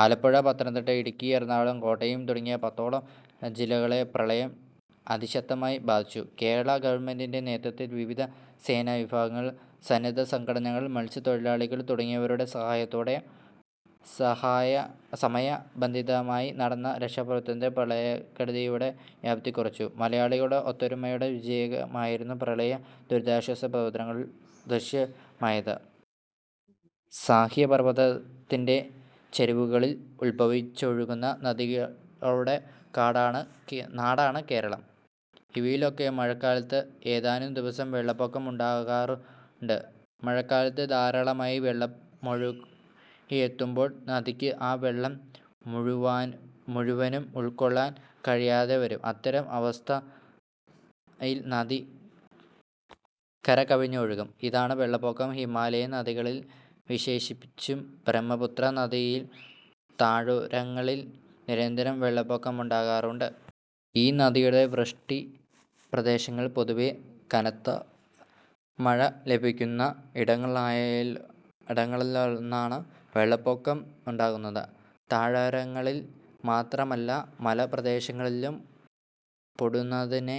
ആലപ്പുഴ, പത്തനംതിട്ട, ഇടുക്കി, എറണാകുളം, കോട്ടയം തുടങ്ങി പത്തോളം ജില്ലകളെ പ്രളയം അതിശക്തമായി ബാധിച്ചു. കേരളാ ഗവൺമെന്റിന്റെ നേതൃത്വത്തിൽ വിവിധ സേനാ വിഭാഗങ്ങൾ, സന്നദ്ധ സംഘടനകൾ, മത്സ്യത്തൊഴിലാളികൾ തുടങ്ങിയവരുടെ സഹായത്തോടെ സമയ ബന്ധിതമായി നടന്ന രക്ഷാ പ്രവർത്തനങ്ങൾ പ്രളയക്കെടുതിയുടെ വ്യാപ്തി കുറച്ചു. മലയാളിയുടെ ഒത്തൊരുമയുടെ വിജയമായിരുന്നു പ്രളയ ദുരിതാശ്വാസ പ്രവർത്തനങ്ങളിൽ ദൃശ്യമായത്. സഹ്യപർവതത്തിന്റെ ചരിവുകളിൽനിന്ന് ഉദ്ഭവിച്ചൊഴുകുന്ന നദികളുടെ നാടാണ് കേരളം. ഇവയിലൊക്കെ മഴക്കാലത്ത് ഏതാനും ദിവസം വെള്ളപ്പൊക്കമുണ്ടാകാറുണ്ട്. മഴക്കാലത്ത് ധാരാളമായി വെള്ളമൊഴുകിയെത്തുമ്പോൾ നദിക്ക് ആ വെള്ളം മുഴുവനും ഉൾക്കൊള്ളാൻ കഴിയാതെവരും. അത്തരം അവസ്ഥയിൽ നദി കരകവിഞ്ഞൊഴുകും. ഇതാണ് വെള്ളപ്പൊക്കം. ഹിമാലയൻ നദികളിൽ, വിശേഷിച്ചും ബ്രഹ്മപുത്രാ നദിയുടെ താഴ്വാരങ്ങളിൽ നിരന്തരം വെള്ളപ്പൊക്കമുണ്ടാകാറുണ്ട്. ഈ നദിയുടെ വൃഷ്ടി പ്രദേശങ്ങൾ പൊതുവെ കനത്ത മഴ ലഭിക്കുന്ന ഇടങ്ങളായതിനാലാണ് വെള്ളപ്പൊക്കം ഉണ്ടാകുന്നത്. താഴ്വാരങ്ങളിൽ മാത്രമല്ല, മലമ്പ്രദേശങ്ങളിലും പൊടുന്നനെ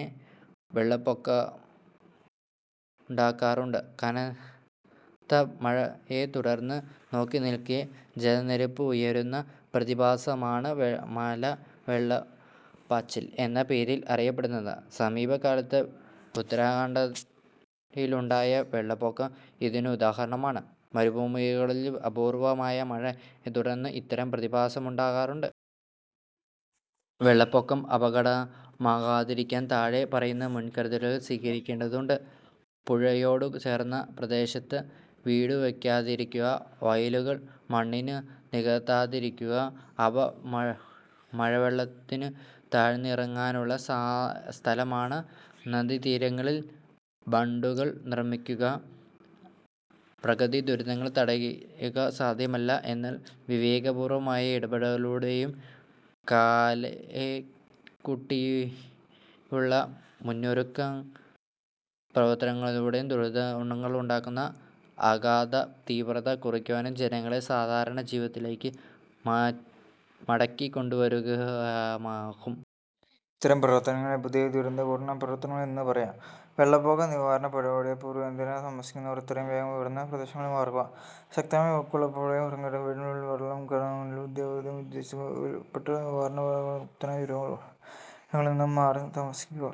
വെള്ളപ്പൊക്കമുണ്ടാകാറുണ്ട്. കനത്ത മഴയെത്തുടർന്ന് നോക്കിനിൽക്കെ ജലനിരപ്പുയരുന്ന പ്രതിഭാസമാണ് മലവെള്ളപ്പാച്ചിൽ എന്ന പേരിൽ അറിയപ്പെടുന്നത്. സമീപകാലത്ത് ഉത്തരാഖണ്ഡിലുണ്ടായ വെള്ളപ്പൊക്കം ഇതിനുദാഹരണമാണ്. മരുഭൂമികളിലും അപൂർവമായ മഴയെത്തുടർന്ന് ഇത്തരം പ്രതിഭാസമുണ്ടാകാറുണ്ട്. വെള്ളപ്പൊക്കം അപകടമാവാതിരിക്കാൻ താഴെ പറയുന്ന മുൻകരുതലുകൾ സ്വീകരിക്കേണ്ടതുണ്ട്. പുഴയോടുചേർന്ന പ്രദേശത്ത് വീടുവയ്ക്കാതിരിക്കുക. വയലുകൾ മണ്ണിട്ടു നികത്താതിരിക്കുക, അവ മഴവെള്ളത്തിനു താഴ്ന്നിറങ്ങാനുള്ള സ്ഥലമാണ്. നദീതീരങ്ങളിൽ ബണ്ടുകൾ നിർമിക്കുക. പ്രകൃതിദുരന്തങ്ങൾ തടയുക സാധ്യമല്ല. എന്നാൽ വിവേകപൂർവമായ ഇടപെടലുകളിലൂടെയും കാലേക്കൂട്ടിയുള്ള മുന്നൊരുക്ക പ്രവർത്തനങ്ങളിലൂടെയും ദുരന്തങ്ങളുണ്ടാക്കുന്ന ആഘാതതീവ്രത കുറയ്ക്കാനും ജനങ്ങളെ സാധാരണജീവിതത്തിലേക്കു മടക്കിക്കൊണ്ടുവരാനുമാവും. ഇത്തരം പ്രവർത്തനങ്ങളെ പൊതുവേ ദുരന്തലഘൂകരണ പ്രവർത്തനങ്ങൾ എന്നു പറയാം. വെള്ളപ്പൊക്ക നിവാരണ നടപടികൾ: പുഴയോരത്തു താമസിക്കുന്നവർ എത്രയും വേഗം ഉയർന്ന പ്രദേശങ്ങളിലേക്കു മാറുക. ശക്തമായ ഒഴുക്കുള്ളപ്പോൾ പുഴയിൽ ഇറങ്ങരുത്. വീടിനുള്ളിൽ വെള്ളം കയറുന്നുണ്ടെങ്കിൽ വൈദ്യുതിബന്ധം വിച്ഛേദിക്കുക. ഉരുൾപൊട്ടൽ നിവാരണ നടപടികൾ കുത്തനെ ചരിവുള്ള ഇടങ്ങളിൽനിന്നു മാറിത്താമസിക്കുക.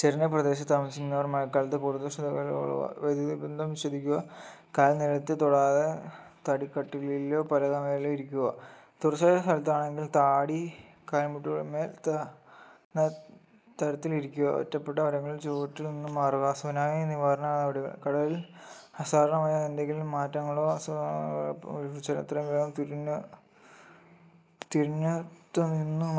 ചരിഞ്ഞ പ്രദേത്ത് താമസിക്കുന്നവർ മഴക്കാലത്ത് കൂടുതൽ ശ്രദ്ധാലുക്കളാകുക. വൈദ്യുതിബന്ധം വിച്ഛേദിക്കുക. കാൽ നിലത്തു തൊടാതെ തടിക്കട്ടിലിലോ പലക മേലോ ഇരിക്കുക. തുറസ്സായ സ്ഥലത്താണെങ്കിൽ താടി കാൽമുട്ടുകളിന്മേൽ എന്ന തരത്തിൽ ഇരിക്കുക. ഒറ്റപ്പെട്ട മരങ്ങളുടെ ചുവട്ടിൽ നിന്നു മാറുക. സുനാമി നിവാരണ നടപടികൾ: കടലിൽ അസാധാരണമായ എന്തെങ്കിലും മാറ്റങ്ങളോ അതുസംബന്ധമായ മുന്നറിയിപ്പോ ലഭിച്ചാൽ എത്രയും വേഗം തീരത്തുനിന്നു മാറുക.